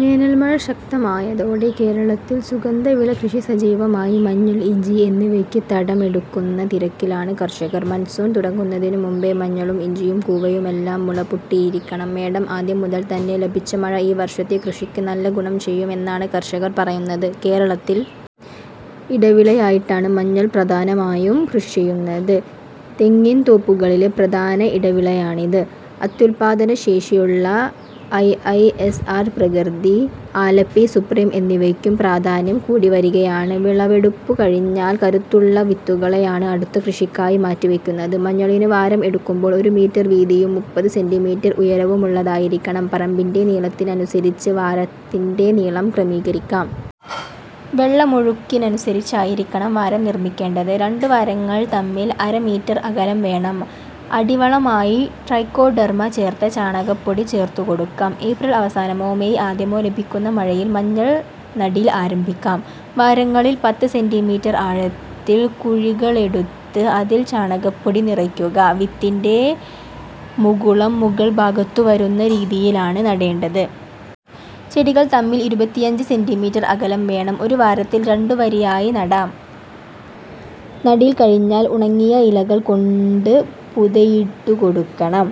വേനൽമഴ ശക്തമായതോടെ കേരളത്തിൽ സുഗന്ധവിള കൃഷി സജീവമായി. മഞ്ഞൾ, ഇഞ്ചി എന്നിവയ്ക്ക് തടമെടുക്കുന്ന തിരക്കിലാണ് കർഷകർ. മൺസൂൺ തുടങ്ങുന്നതിനു മുമ്പേ മഞ്ഞളും ഇഞ്ചിയും കൂവയുമെല്ലാം മുളപൊട്ടിയിരിക്കണം. മേടം ആദ്യം മുതൽ തന്നെ ലഭിച്ച മഴ ഈ വർഷത്തെ കൃഷിക്ക് നല്ല ഗുണം ചെയ്യുമെന്നാണ് കർഷകർ പറയുന്നത്. കേരളത്തിൽ ഇടവിളയായിട്ടാണ് മഞ്ഞൾ പ്രധാനമായും കൃഷി ചെയ്യുന്നത്. തെങ്ങിൻതോപ്പുകളിലെ പ്രധാന ഇടവിളയാണിത്. അത്യുൽപാദനശേഷിയുള്ള ഐഐഎസ്ആർ പ്രകൃതി, ആലപ്പി സുപ്രീം എന്നിവയ്ക്കും പ്രാധാന്യം കൂടിവരികയാണ്. വിളവെടുപ്പു കഴിഞ്ഞാൽ കരുത്തുള്ള വിത്തുകളെയാണ് അടുത്ത കൃഷിക്കായി മാറ്റിവയ്ക്കുന്നത്. മഞ്ഞളിന് വാരം എടുക്കുമ്പോൾ ഒരു മീറ്റർ വീതിയും മുപ്പത് സെന്റീമീറ്റർ ഉയരവുമുള്ളതായിരിക്കണം. പറമ്പിന്റെ നീളത്തിനനുസരിച്ച് വാരത്തിന്റെ നീളം ക്രമീകരിക്കാം. വെള്ളമൊഴുക്കിനനുസരിച്ചായിരിക്കണം വാരം നിർമിക്കേണ്ടത്. രണ്ടു വാരങ്ങൾ തമ്മിൽ അര മീറ്റർ അകലം വേണം. അടിവളമായി ട്രൈക്കോഡെർമ ചേർത്ത ചാണകപ്പൊടി ചേർത്തുകൊടുക്കാം. ഏപ്രിൽ അവസാനമോ മേയ് ആദ്യമോ ലഭിക്കുന്ന മഴയിൽ മഞ്ഞൾ നടീൽ ആരംഭിക്കാം. വാരങ്ങളിൽ പത്ത് സെന്റീമീറ്റർ ആഴത്തിൽ കുഴികളെടുത്ത് അതിൽ ചാണകപ്പൊടി നിറയ്ക്കുക. വിത്തിന്റെ മുകുളം മുകൾഭാഗത്തുവരുന്ന രീതിയിലാണ് നടേണ്ടത്. ചെടികൾ തമ്മിൽ ഇരുപത്തിയഞ്ച് സെന്റീമീറ്റർ അകലം വേണം. ഒരു വാരത്തിൽ രണ്ടു വരിയായി നടാം. നടീൽ കഴിഞ്ഞാൽ ഉണങ്ങിയ ഇലകൾ കൊണ്ട് പുതയിട്ടുകൊടുക്കണം.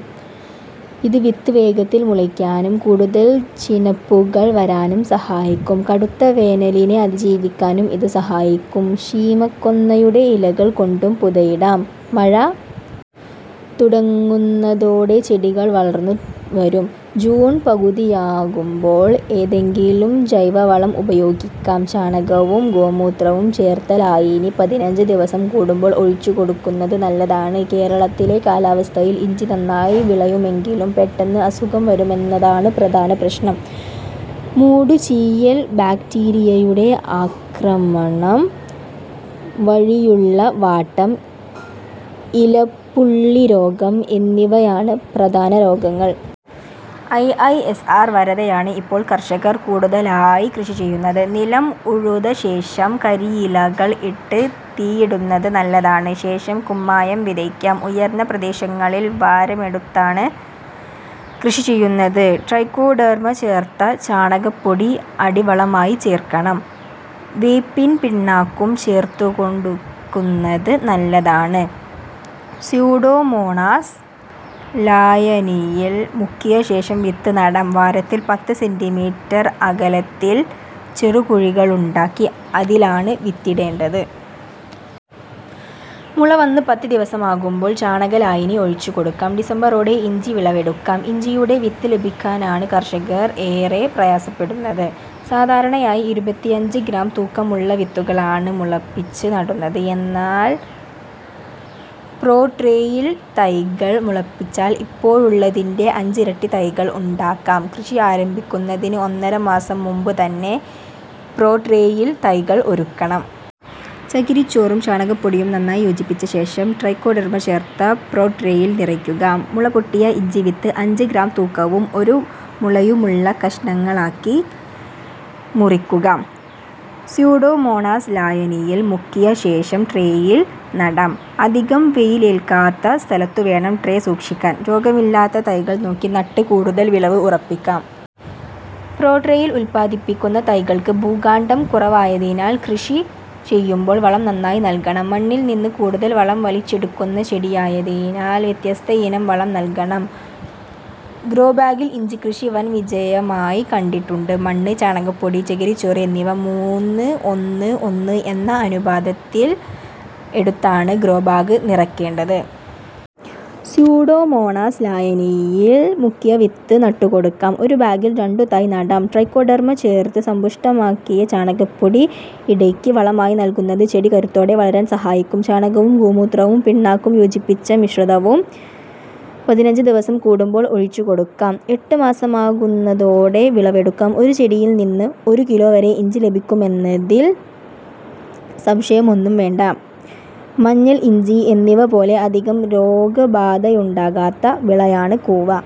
ഇത് വിത്ത് വേഗത്തിൽ മുളയ്ക്കാനും കൂടുതൽ ചിനപ്പുകൾ വരാനും സഹായിക്കും. കടുത്ത വേനലിനെ അതിജീവിക്കാനും ഇത് സഹായിക്കും. ശീമക്കൊന്നയുടെ ഇലകൾ കൊണ്ടും പുതയിടാം. മഴ തുടങ്ങുന്നതോടെ ചെടികൾ വളർന്നുവരും. ജൂൺ പകുതിയാകുമ്പോൾ ഏതെങ്കിലും ജൈവവളം ഉപയോഗിക്കാം. ചാണകവും ഗോമൂത്രവും ചേർത്ത ലായനി പതിനഞ്ച് ദിവസം കൂടുമ്പോൾ ഒഴിച്ചുകൊടുക്കുന്നത് നല്ലതാണ്. കേരളത്തിലെ കാലാവസ്ഥയിൽ ഇഞ്ചി നന്നായി വിളയുമെങ്കിലും പെട്ടെന്ന് അസുഖം വരുമെന്നതാണ് പ്രധാന പ്രശ്നം. മൂടുചീയൽ, ബാക്ടീരിയയുടെ ആക്രമണം വഴിയുള്ള വാട്ടം, ഇലപ്പുള്ളിരോഗം എന്നിവയാണ് പ്രധാന രോഗങ്ങൾ. ഐഐഎസ്ആർ വരദയാണ് ഇപ്പോൾ കർഷകർ കൂടുതലായി കൃഷി ചെയ്യുന്നത്. നിലം ഉഴുതശേഷം കരിയിലകൾ ഇട്ട് തീയിടുന്നത് നല്ലതാണ്. ശേഷം കുമ്മായം വിതയ്ക്കാം. ഉയർന്ന പ്രദേശങ്ങളിൽ വാരമെടുത്താണ് കൃഷി ചെയ്യുന്നത്. ട്രൈക്കോഡെർമ ചേർത്ത ചാണകപ്പൊടി അടിവളമായി ചേർക്കണം. വേപ്പിൻപിണ്ണാക്കുംചേർത്തുകൊടുക്കുന്നത് നല്ലതാണ്. സ്യൂഡോമോണാസ് ലായനിയിൽ മുക്കിയശേഷം വിത്ത് നടാം. വാരത്തിൽ പത്ത് സെന്റീമീറ്റർ അകലത്തിൽ ചെറുകുഴികളുണ്ടാക്കി അതിലാണ് വിത്തിടേണ്ടത്. മുള വന്ന് പത്ത് ദിവസമാകുമ്പോൾ ചാണക ലായനി ഒഴിച്ചുകൊടുക്കാം. ഡിസംബറോടെ ഇഞ്ചി വിളവെടുക്കാം. ഇഞ്ചിയുടെ വിത്ത് ലഭിക്കാനാണ് കർഷകർ ഏറെ പ്രയാസപ്പെടുന്നത്. സാധാരണയായി ഇരുപത്തിയഞ്ച് ഗ്രാം തൂക്കമുള്ള വിത്തുകളാണ് മുളപ്പിച്ച് നടുന്നത്. എന്നാൽ പ്രോട്രേയിൽ തൈകൾ മുളപ്പിച്ചാൽ ഇപ്പോഴുള്ളതിന്റെ അഞ്ചിരട്ടി തൈകൾ ഉണ്ടാക്കാം. കൃഷി ആരംഭിക്കുന്നതിന് ഒന്നര മാസം മുമ്പുതന്നെ പ്രോട്രേയിൽ തൈകൾ ഒരുക്കണം. ചകിരിച്ചോറും ചാണകപ്പൊടിയും നന്നായി യോജിപ്പിച്ചശേഷം ട്രൈക്കോഡെർമ ചേർത്ത പ്രോട്രേയിൽ നിറയ്ക്കുക. മുളപൊട്ടിയ ഇഞ്ചിവിത്ത് അഞ്ച് ഗ്രാം തൂക്കവും ഒരു മുളയുമുള്ള കഷണങ്ങളാക്കി മുറിക്കുക. സ്യൂഡോമോണാസ് ലായനിയിൽ മുക്കിയശേഷം ട്രേയിൽ നടാം. അധികം വെയിലേൽക്കാത്ത സ്ഥലത്തുവേണം ട്രേ സൂക്ഷിക്കാൻ. രോഗമില്ലാത്ത തൈകൾ നോക്കി നട്ട് കൂടുതൽ വിളവ് ഉറപ്പിക്കാം. പ്രോട്രേയിൽ ഉൽപാദിപ്പിക്കുന്ന തൈകൾക്ക് ഭൂകാണ്ഡം കുറവായതിനാൽ കൃഷി ചെയ്യുമ്പോൾ വളം നന്നായി നൽകണം. മണ്ണിൽനിന്ന് കൂടുതൽ വളം വലിച്ചെടുക്കുന്ന ചെടിയായതിനാൽ വ്യത്യസ്തയിനം വളം നൽകണം. ഗ്രോബാഗിൽ ഇഞ്ചിക്കൃഷി വൻ വിജയമായി കണ്ടിട്ടുണ്ട്. മണ്ണ്, ചാണകപ്പൊടി, ചകിരിച്ചോറ് എന്നിവ മൂന്ന് ഒന്ന് ഒന്ന് എന്ന അനുപാതത്തിൽ എടുത്താണ് ഗ്രോബാഗ് നിറയ്ക്കേണ്ടത്. സ്യൂഡോമോണാസ് ലായനിയിൽ മുക്കിയ വിത്ത് നട്ടുകൊടുക്കാം. ഒരു ബാഗിൽ രണ്ടു തൈ നടാം. ട്രൈക്കോഡെർമ ചേർത്ത് സമ്പുഷ്ടമാക്കിയ ചാണകപ്പൊടി ഇടയ്ക്ക് വളമായി നൽകുന്നത് ചെടി കരുത്തോടെ വളരാൻ സഹായിക്കും. ചാണകവും ഗോമൂത്രവും പിണ്ണാക്കും യോജിപ്പിച്ച മിശ്രിതവും പതിനഞ്ച് ദിവസം കൂടുമ്പോൾ ഒഴിച്ചുകൊടുക്കാം. എട്ട് മാസമാകുന്നതോടെ വിളവെടുക്കാം. ഒരു ചെടിയിൽനിന്ന് ഒരു കിലോ വരെ ഇഞ്ചി ലഭിക്കുമെന്നതിൽ സംശയമൊന്നും വേണ്ട. മഞ്ഞൾ, ഇഞ്ചി എന്നിവപോലെ അധികം രോഗബാധയുണ്ടാകാത്ത വിളയാണ് കൂവ.